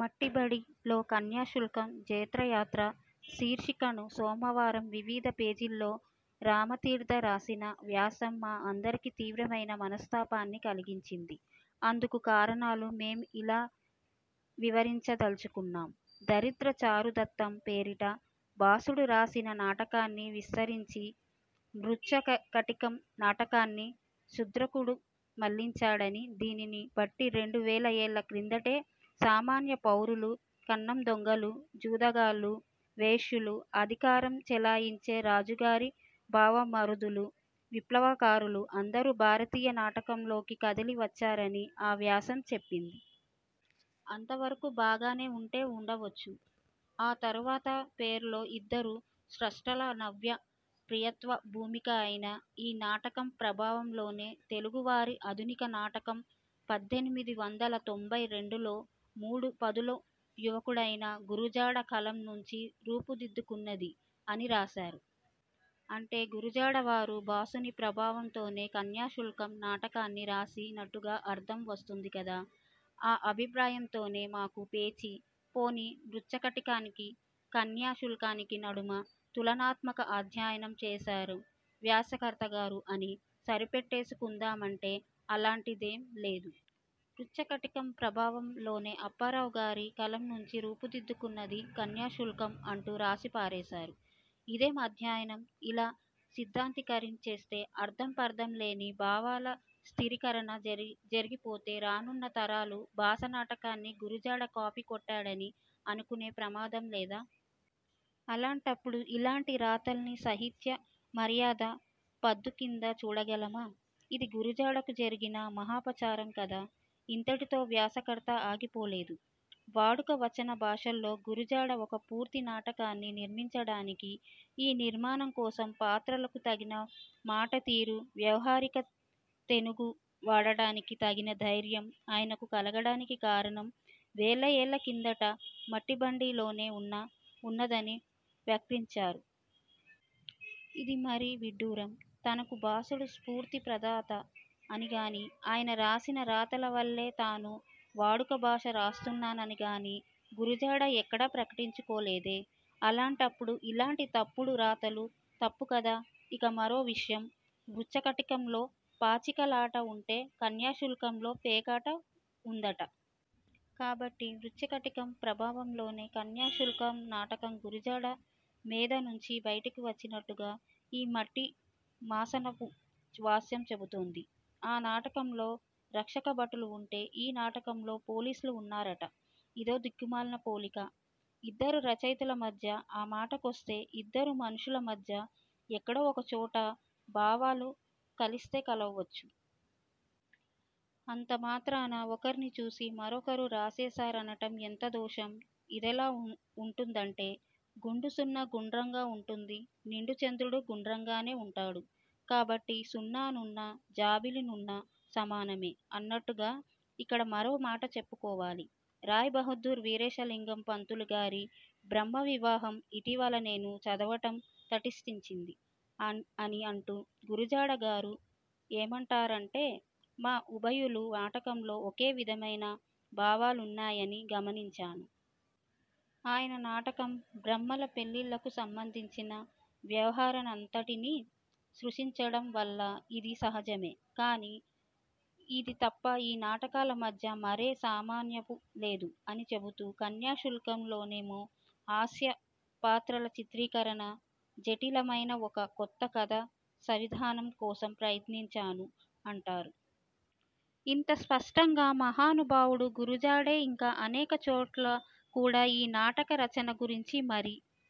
మట్టిబండి'లో కన్యాశుల్క జైత్రయాత్ర' శీర్షికన సోమవారం 'వివిధ' పేజీలో రామతీర్థ రాసిన వ్యాసం మా అందరికీ తీవ్రమైన మనస్తాపాన్ని కలిగించింది. అందుకు కారణాలు మేం ఇలా వివరించ దలుచుకున్నాం. 'దరిద్ర చారుదత్తం' పేరిట భాసుడు రాసిన నాటకాన్ని విస్తరించి మృచ్ఛ కటికం నాటకాన్ని శూద్రకుడు మలిచాడని, దీనిని బట్టి రెండు వేల ఏళ్ల కిందటే సామాన్య పౌరులు, కన్నం దొంగలు, జూదగాళ్లు, వేశ్యలు, అధికారం చెలాయించే రాజుగారి బావ మరుదులు, విప్లవకారులు అందరూ భారతీయ నాటకం లోకి కదలి వచ్చారని ఆ వ్యాసం చెప్పింది. అంత వరకూ బాగానే ఉంటే ఉండ వచ్చు. ఆ తరువాత పేరాలో ఇద్దరు స్రష్టల నవ్య ప్రియత్వ భూమిక అయిన ఈ నాటకం ప్రభావం లోనే, తెలుగు వారి ఆధునిక నాటకం పద్దెనిమిది వందల తొంభై రెండులో మూడు పదుల యువకుడైన గురజాడ కలం నుంచి రూపు దిద్దుకున్నది, అని రాశారు. అంటే గురజాడ వారు భాసుని ప్రభావం తోనే కన్యాశుల్కం నాటకాన్ని రాసి నట్టుగా అర్థం వస్తోంది కదా. ఆ అభి ప్రాయంతోనే మాకు పేచీ. పోనీ, మృచ్ఛ కటికానికీ, కన్యా శుల్కానికీ నడుమ తుల నాత్మక అధ్యయనం చేశారు వ్యాస కర్తగారు అని సరిపెట్టేసుకుందామంటే అలాంటి దేం లేదు. మృచ్ఛ కటికం ప్రభావం లోనే అప్పారావు గారి కలం నుంచి రూపు దిద్దుకున్నది 'కన్యా శుల్కం' అంటూ రాసి పారేశారు. ఇదేం అధ్యయనం? ఇలా సిద్ధాంతీకరిం చేస్తే, అర్థం పర్థం లేని భావాల స్థిరీ కరణ జరిగిపోతే, రానున్న తరాలు భాస నాటకాన్ని గురజాడ కాపీ కొట్టాడని అనుకునే ప్రమాదం లేదా! అలాంటప్పుడు ఇలాంటి రాతల్ని సాహిత్య మర్యాదా పద్దు కింద చూడగలమా? ఇది గురజాడకు జరిగిన మహాపచారం కాదా? ఇంతటితో వ్యాస కర్త ఆగి పోలేదు. వాడుక వచన భాషలో గురజాడ ఒక పూర్తి నాటకాన్ని నిర్మించడానికి, ఈ నిర్మాణం కోసం పాత్రలకు తగిన మాట తీరు, వ్యవహారిక తెనుగు వాడడానికి తగిన ధైర్యం ఆయనకు కలగడానికి కారణం వేలఏళ్ల కిందటి 'మట్టిబండి'లోనే ఉన్న''దని వాక్రుచ్చారు. ఇది మరీ విడ్డూరం. తనకు భాసుడు స్ఫూర్తి ప్రదాత అనిగానీ, ఆయన రాసిన రాతల వల్లే తాను వాడుక భాష రాస్తున్నానని గానీ గురజాడ ఎక్కడా ప్రకటించుకోలేదే. అలాంటప్పుడు ఇలాంటి తప్పుడు రాతలు తప్పు కాదా? ఇక మరో విషయం 'మృచ్ఛకటికం'లో పాచిక లాట ఉంటే, కన్యాశుల్కంలో పేకాట ఉందట. కాబట్టి 'మృచ్ఛ కటికం' ప్రభావం లోనే కన్యాశుల్కం నాటకం గురజాడ మేధ నుంచి బయటకు వచ్చినట్టుగా ఈ మట్టీ మశానపు వ్యాసం చెబుతోంది. ఆ నాటకంలో రక్షక భటులు ఉంటే ఈ నాటకంలో పోలీసులు ఉన్నారట. ఇదో దిక్కు మాలిన పోలిక. ఇద్దరు రచయితల మధ్య, ఆ మాట కొస్తే ఇద్దరు మనుషుల మధ్య ఎక్కడో ఒక చోట భావాలు కలిేస్త కలవవచ్చు. అంత మాత్రాన ఒకరిని చూసి మరొకరు రాసీసేరనటం ఎంత దోషం? ఇదెలా ఉంటుందంటే, 'గుండుసున్న గుండ్రంగా ఉంటుంది. నిండు చంద్రుడూ గుండ్రంగానే ఉంటాడు. కాబట్టి సున్నానున్నూ జాబిలినున్నూ సమానమే'' అన్నట్టుగా. ఇక్కడే మరో మాటా చెప్పుకోవాలి. రాయ్ బహుద్దూర్ వీరేశ లింగం పంతులు గారి బ్రాహ్మ వివాహం ఇటీవల నేను చదవటం తటస్థించింది, అని అంటూ గురజాడ గారు ఏమంటా రంటే, మా ఉభయుల నాటకాల్లో ఒకే విధమైన భావాలున్నాయని గమనించాను. ఆయన నాటకం బ్రాహ్మల పెళ్లిళ్లకు సంబంధించిన వ్యవహారాన్నంతటినీ స్పృశించడం వల్ల ఇది సహజమే. కానీ, ఇది తప్ప ఈ నాటకాల మధ్య మరే సామ్యమూ లేదు, అని చెబుతూ కన్యా శుల్కం లోనేమో హాస్యం, పాత్రల చిత్రీకరణ, జఠిల మైన ఒక కొత్త కథా సంవిధానం కోసం ప్రయత్నించాను అంటారు. ఇంత స్పష్టంగా మహానుభావుడు గురజాడే ఇంకా అనేక చోట్ల కూడా ఈ నాటక రచన గురించి మరి